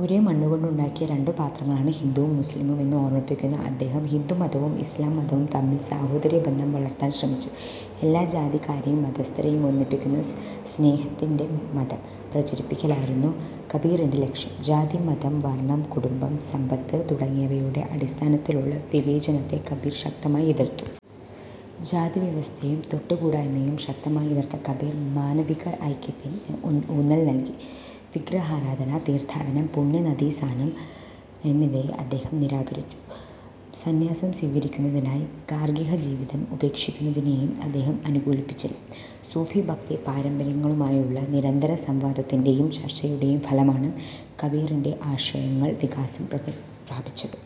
ഒരേ മണ്ണുകൊണ്ടുണ്ടാക്കിയ രണ്ടു പാത്രങ്ങളാണ് ഹിന്ദുവും മുസ്ലിമും എന്ന് ഓർമിപ്പിച്ച അദ്ദേഹം ഹിന്ദു മതവും ഇസ്ലാംമതവും തമ്മിൽ സാഹോദര്യബന്ധം വളർത്താൻ ശ്രമിച്ചു. എല്ലാ ജാതിക്കാരെയും മതസ്ഥരെയും ഒന്നിപ്പിക്കുന്ന സ്നേഹത്തിന്റെ മതം പ്രചരിപ്പിക്കലായിരുന്നു കബീറിന്റെ ലക്ഷ്യം. ജാതി, മതം, വർണം, കുടുംബം, സമ്പത്ത് തുടങ്ങിയവയുടെ അടിസ്ഥാനത്തിലുള്ള വിവേചനത്തെ കബീർ ശക്തമായി എതിർത്തു. ജാതിവ്യവസ്ഥയെയും തൊട്ടു കൂടായ്മയെയും ശക്തമായി എതിർത്ത കബീർ മാനവിക ഐക്യത്തിന് ഊന്നൽ നൽകി. വിഗ്രഹാരാധന, തീർത്ഥാടനം, പുണ്യനദീസാനം എന്നിവയെ അദ്ദേഹം നിരാകരിച്ചു. സന്ന്യാസം സ്വീകരിക്കുന്നതിനായി ഗാർഹികജീവിതം ഉപേക്ഷിക്കുന്നതിനെയും അദ്ദേഹം അനുകൂലിച്ചില്ല. സൂഫി ഭക്തി പാരമ്പര്യങ്ങളുമായുള്ള നിരന്തരമായ സംവാദത്തിന്റെയും ചർച്ചയുടെയും ഫലമായാണ് കബീറിന്റെ ആശയങ്ങൾ വികാസം പ്രാപിച്ചത്.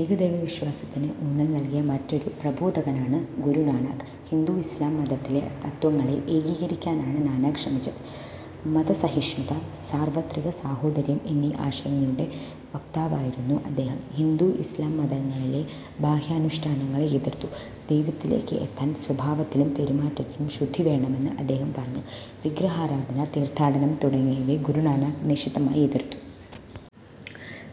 ഏകദൈവവിശ്വാസത്തിന് ഊന്നൽ നൽകിയ മറ്റൊരു പ്രബോധകനാണ് ഗുരുനാനാക്ക്. ഹിന്ദു, ഇസ്ലാം മതങ്ങളിലെ തത്ത്വങ്ങളെ ഏകീകരിക്കാനാണ് നാനാക്ക് ശ്രമിച്ചത്. മതസഹിഷ്ണുത, സാർവത്രിക സാഹോദര്യം എന്നീ ആശയങ്ങളുടെ വക്താവായിരുന്ന അദ്ദേഹം ഹിന്ദു ഇസ്ലാം മതങ്ങളിലെ ബാഹ്യാനുഷ്ഠാനങ്ങളെ എതിർത്തു. ദൈവത്തിലേക്ക് എത്താൻ സ്വഭാവത്തിലും പെരുമാറ്റത്തിലും ശുദ്ധിവേണമെന്ന് അദ്ദേഹം പറഞ്ഞു. വിഗ്രഹാരാധന, തീർത്ഥാടനം തുടങ്ങിയവയെ ഗുരുനാനാക് നിശിതമായി എതിർത്തു.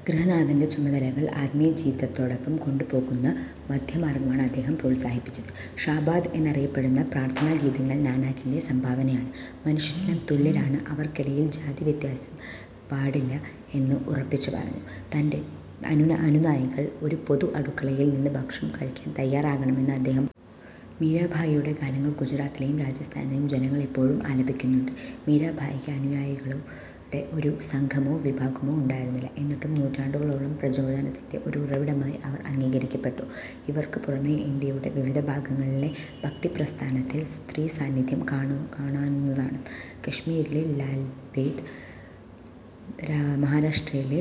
ഗൃഹസ്ഥന്റെ ചുമതലകൾ ആത്മീയ ജീവിതത്തോടൊപ്പം കൊണ്ടു പോകുന്ന മധ്യമാർഗമാണ് അദ്ദേഹം പ്രോത്സാഹിപ്പിച്ചത്. ഷാബാദ് എന്നറിയപ്പെടുന്ന പ്രാർഥനാഗീതങ്ങൾ നാനാക്കിന്റെ സംഭാവനയാണ്. മനുഷ്യരെല്ലാം തുല്യരാണ്, അവർക്കിടയിൽ ജാതിവ്യത്യാസം പാടില്ല എന്ന് ഉറപ്പിച്ചു പറഞ്ഞു. തന്റെ അനുയായികൾ ഒരു പൊതു അടുക്കള യിൽ നിന്ന് ഭക്ഷണം കഴിക്കാൻ തയാറാകണമെന്ന് അദ്ദേഹം പറഞ്ഞു. മീരാഭായിയുടെ ഗാനങ്ങൾ ഗുജറാത്തിലെയും രാജസ്ഥാനിലെയും ജനങ്ങൾ ഇപ്പോഴും ആലപിക്കുന്നുണ്ട്. മീരാ ഭായിക്ക് അനുയായികളുടെ ഒരു സംഘമോ വിഭാഗമോ ഉണ്ടായിരുന്നില്ല. എന്നിട്ടും നൂറ്റാണ്ടുകളോളം പ്രചോദനത്തിന്റെ ഒരു ഉറവിടമായി അവർ അംഗീകരിക്കപ്പെട്ടു. ഇവർക്ക് പുറമെ ഇന്ത്യയുടെ വിവിധ ഭാഗങ്ങളിലെ ഭക്തിപ്രസ്ഥാനത്തിൽ സ്ത്രീസാന്നിധ്യം കാണാവുന്നതാണ്. കാശ്മീരിലെ ലാൽദേദ്, മഹാരാഷ്ട്രയിലെ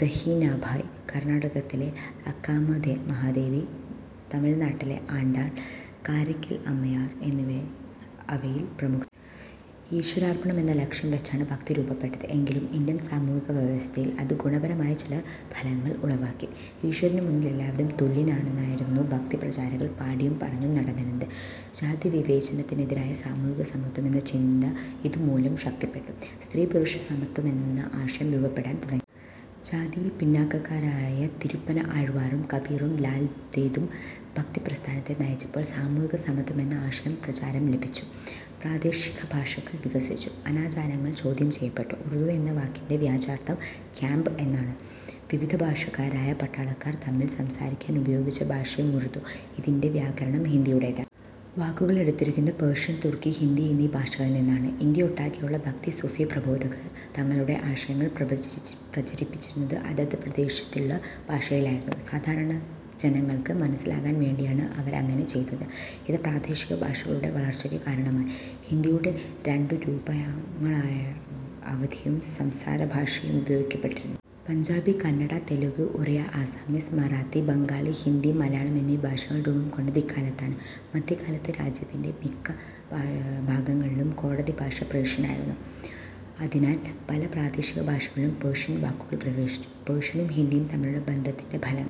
ഭഹിനാഭായ്, കർണാടകത്തിലെ അക്കാമഹാദേവി, തമിഴ്നാട്ടിലെ ആണ്ടാൾ, കാരയ്ക്കൽ അമ്മയാർ എന്നിവർ അവരിൽ പ്രമുഖരാണ്. ഈശ്വരാർപ്പണം എന്ന ലക്ഷ്യം വച്ചാണ് ഭക്തി രൂപപ്പെട്ടത് എങ്കിലും ഇന്ത്യൻ സാമൂഹിക വ്യവസ്ഥയിൽ അത് ഗുണപരമായ ചില ഫലങ്ങൾ ഉളവാക്കി. ഈശ്വരനു മുന്നിൽ എല്ലാവരും തുല്യരാണെന്നായിരുന്നു ഭക്തിപ്രചാരകർ പാടിയും പറഞ്ഞും നടന്നിരുന്നത്. ജാതിവിവേചനത്തിനെതിരായ സാമൂഹിക സമത്വം എന്ന ചിന്ത ഇതുമൂലം ശക്തിപ്പെട്ടു. സ്ത്രീപുരുഷ സമത്വമെന്ന ആശയം രൂപപ്പെടാൻ തുടങ്ങി. ജാതിയിൽ പിന്നാക്കക്കാരായ തിരുപ്പന ആഴ്വാറും കബീറും ലാൽദേദും ഭക്തിപ്രസ്ഥാനത്തെ നയിച്ചപ്പോൾ സാമൂഹികസമത്വമെന്ന ആശയത്തിന് പ്രചാരം ലഭിച്ചു. പ്രാദേശികഭാഷകൾ വികസിച്ചു. അനാചാരങ്ങൾ ചോദ്യം ചെയ്യപ്പെട്ടു. ഉറുദു എന്ന വാക്കിന്റെ വാച്യാർഥം ക്യാമ്പ് എന്നാണ്. വിവിധ ഭാഷക്കാരായ പട്ടാളക്കാർ തമ്മിൽ സംസാരിക്കാൻ ഉപയോഗിച്ച ഭാഷയാണ് ഉറുദു. ഇതിന്റെ വ്യാകരണം ഹിന്ദിയുടേതാണ്. വാക്കുകൾ എടുത്തിരിക്കുന്നത് പേർഷ്യൻ, തുർക്കി, ഹിന്ദി എന്നീ ഭാഷകളിൽ നിന്നാണ്. ഇന്ത്യയൊട്ടാകെയുള്ള ഭക്തി-സൂഫി പ്രബോധകർ തങ്ങളുടെ ആശയങ്ങൾ പ്രചരിപ്പിച്ചത് അതത് പ്രദേശത്തുള്ള ഭാഷയിലായിരുന്നു. സാധാരണ ജനങ്ങൾക്ക് മനസ്സിലാകാൻ വേണ്ടിയാണ് അവരങ്ങനെ ചെയ്തത്. ഇത് പ്രാദേശികഭാഷകളുടെ വളർച്ചയ്ക്കു കാരണമായി. ഹിന്ദിയുടെ രണ്ടു രൂപങ്ങളായ ബം അവധിയും സംസാരഭാഷയായി ഉപയോഗിക്കപ്പെട്ടിരുന്നു. പഞ്ചാബി, കന്നഡ, തെലുങ്ക്, ഒറിയ, ആസാമീസ്, മറാത്തി, ബംഗാളി, സിന്ധി, മലയാളം എന്നീ ഭാഷകൾ രൂപംകൊണ്ടത് ഇക്കാലത്താണ്. മധ്യകാലത്ത് രാജ്യത്തിന്റെ മിക്ക ഭാഗങ്ങളിലും കോടതിഭാഷ പേർഷ്യനായിരുന്നു. അതിനാൽ പല പ്രാദേശികഭാഷകളിലും പേർഷ്യൻ വാക്കുകൾ പ്രവേശിച്ചു. പേർഷ്യനും ഹിന്ദിയും തമ്മിലുള്ള ബന്ധത്തിന്റെ ഫലമായി